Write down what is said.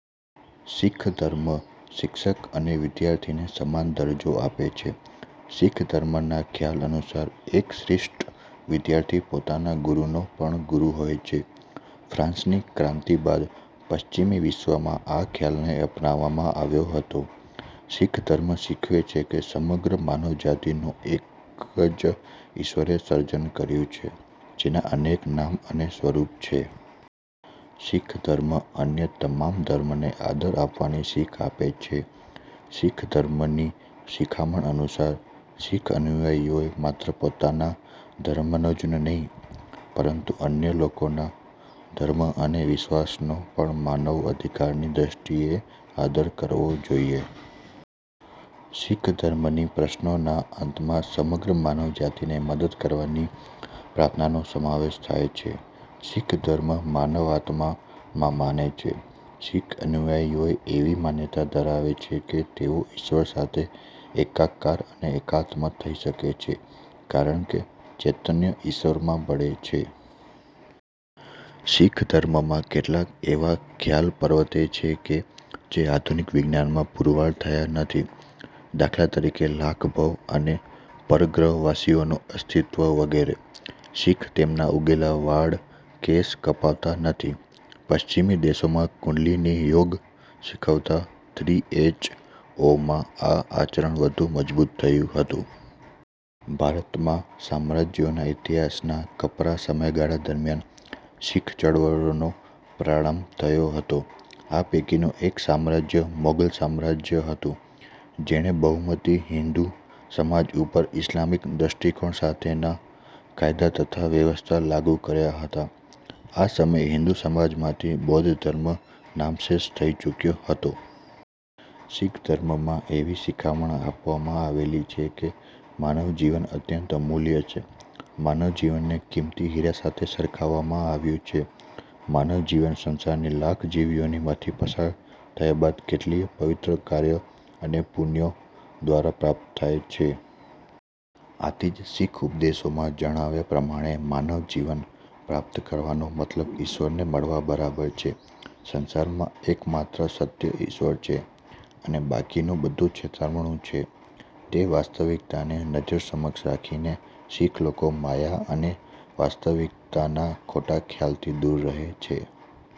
શીખ ધર્મ શિક્ષક અને વિદ્યાર્થીને સમાન દરજ્જો આપે છે. શીખ ધર્મના ખ્યાલ અનુસાર, એક શ્રેષ્ઠ વિદ્યાર્થી પોતાના ગુરૂનો પણ ગુરૂ હોય છે. ફ્રાન્સની ક્રાંતિ બાદ પશ્ચિમી વિશ્વમાં આ ખ્યાલને અપનાવવામાં આવ્યો હતો.। શીખ ધર્મ શીખવે છે કે સમગ્ર માનવજાતિનું એક જ ઈશ્વરે સર્જન કર્યું છે, જેના અનેક નામ અને સ્વરૂપ છે. શીખ ધર્મ અન્ય તમામ ધર્મ ને આદર આપવાની શીખ આપે છે. શીખ ધર્મની શિખામણ અનુસાર, શીખ અનુયાયીઓએ માત્ર પોતાના ધર્મનો જ નહિ, પરંતુ અન્ય લોકોના ધર્મ અને વિશ્વાસનો પણ માનવ અધિકારની દ્વષ્ટિએ આદર કરવો જોઈએ. શીખ ધર્મની પ્રર્થ્નોના અંતમાં સમગ્ર માનવજાતિને મદદ કરવાની પ્રાર્થનાનો સમાવેશ થાય છે. શીખ ધર્મ માનવ આત્મા માં માને છે. શીખ અનુયાયીઓ એવી માન્યતા ધરાવે છે કે તેઓ ઈશ્વર સાથે એકાકાર અને એકાત્મ થઇ શકે છે કારણકે ચૈતન્ય ઇશ્વર માં ભળે છે. શીખ ધર્મમાં કેટલાક એવા ખ્યાલ પ્રવર્તે છે કે જે આધુનિક વિજ્ઞાનમાં પૂરવાર થયા નથી. દાખલા તરીકે લાખ ભવ અને પરગ્રહવાસીઓનું અસ્તિત્વ વગેરે. શીખ તેમના ઉગેલા વાળ કેશ કપાવતા નથી. પશ્ચિમી દેશોમાં કુંડલિની યોગ શીખવતા થ્રીએચઓમાં આ આચરણ વધુ મજબૂત થયું હતું. ભારતમાં સામ્રાજ્યોના ઇતિહાસના કપરાં સમયગાળા દરમિયાન શીખ ચળવળનો પ્રારંભ થયો હતો. આ પૈકીનું એક સામ્રાજ્ય મોગલ સામ્રાજ્ય હતું જેણે બહુમતી હિંદુ સમાજ ઉપર ઈસ્લામિક દ્વષ્ટિકોણ સાથેના કાયદા તથા વ્યવસ્થા લાગુ કર્યા હતા. આ સમયે હિંદુ સમાજમાંથી બૌદ્ધ ધર્મ નામશેષ થઈ ચૂક્યો હતો. શીખ ધર્મમાં એવી શીખામણ આપવામાં આવેલી છે કે માનવ જીવન અત્યંત અમૂલ્ય છે. માનવ જીવનને કિંમતી હિરા સાથે સરખાવવામાં આવ્યું છે. માનવ જીવન સંસારની લાખ જીવ યોનિમાંથી પસાર થયા બાદ કેટલીય પવિત્ર કાર્યો અને પુણ્યો દ્વારા પ્રાપ્ત થાય છે. આથી જ, શીખ ઉપદેશોમાં જણાવવામાં આવ્યા પ્રમાણે માનવ જીવન પ્રાપ્ત કરવાનો મતલબ ઈશ્વરને મળવા બરાબર છે. સંસારમાં એકમાત્ર સત્ય ઈશ્વર છે અને બાકીનું બધું છેતરામણું છે તે વાસ્તવિકતાને નજર સમક્ષ રાખીને શીખ લોકો માયા અને વાસ્તવિકતાના ખોટાં ખ્યાલથી દૂર રહે છે.